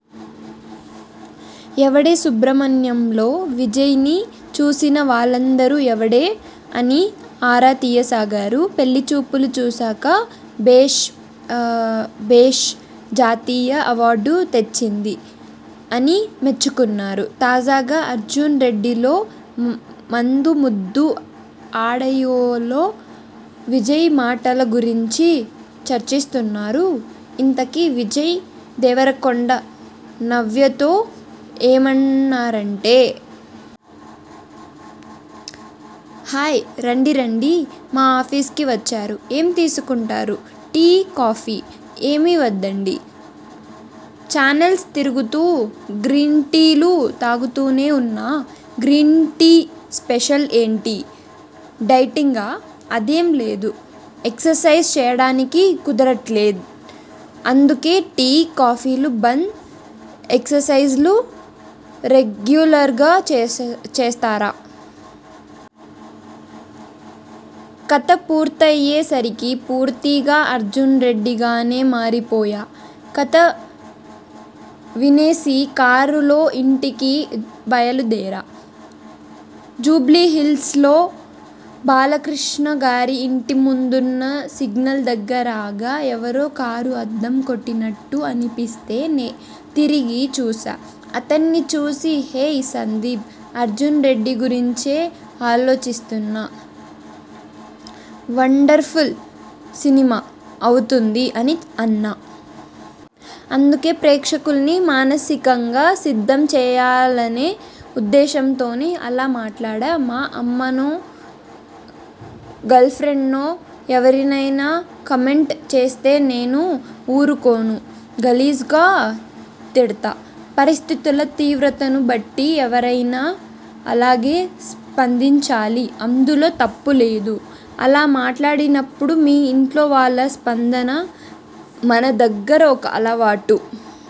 ఎవడే సుబ్రమణ్యం'లో విజయ్ని చూసిన వాళ్లందరూ 'ఎవడే? ' అని ఆరా తీయసాగారు.. 'పెళ్లిచూపులు' చూశాక.. 'భేష్.. భేష్.. జాతీయ అవార్డు తెచ్చింది' అని మెచ్చుకున్నారు. తాజాగా.. 'అర్జున్ రెడ్డి'లో మందు, ముద్దు, ఆడియోలో విజయ్ మాటల గురించి చర్చిస్తున్నారు..! ఇంతకీ విజయ్ దేవరకొండ 'నవ్య'తో ఏమన్నారంటే..! హాయ్.. రండి రండి.. మా ఆఫీస్కి వచ్చారు.. ఏం తీసుకుంటారు? Tea.. coffee..? ఏమీ వద్దండి. ఛానెల్స్ తిరుగుతూ గ్రీన్టీలు తాగుతూనే ఉన్నా. గ్రీన్ టీ స్పెషల్ ఏంటి? డైటింగా? అదేం లేదు. ఎక్సర్సైజ్ చేయడానికి కుదరట్లే. అందుకే టీ, కాఫీలు బంద్. ఎక్సర్సైజ్లు రెగ్యులర్గా చే చేస్తారా? కథ పూర్తయ్యే సరికి పూర్తిగా 'అర్జున్రెడ్డి'గానే మారిపోయా. కథ వినేసి కారులో ఇంటికి బయలుదేరా. జూబ్లీహిల్స్లో బాలకృష్ణగారి ఇంటి ముందున్న సిగ్నల్ దగ్గర ఆగా. ఎవరో కారు అద్దం కొట్టినట్టు అనిపిస్తే తిరిగి చూశా. అతన్ని చూసి 'హేయ్ సందీప్.. అర్జున్రెడ్డి గురించే ఆలోచిస్తున్నా. వండర్ఫుల్ సినిమా అవుతుంది' అని అన్నా. అందుకే ప్రేక్షకుల్ని మానసికంగా సిద్ధం చేయాలనే ఉద్దేశంతోనే అలా మాట్లాడా. మా అమ్మనో, గర్ల్ఫ్రెండ్నో ఎరీవరైనా కామెంట్ చేస్తే నేను ఊరుకోను. గలీజుగ తిడ్తా. పరిస్థితుల తీవ్రతను బట్టి ఎవరైనా అలాగే స్పందించాలి. అందులో తప్పు లేదు. అలా మాట్లాడినప్పుడు మీ ఇంట్లో వాళ్ల స్పందన? మన దగ్గర ఒక అలవాటు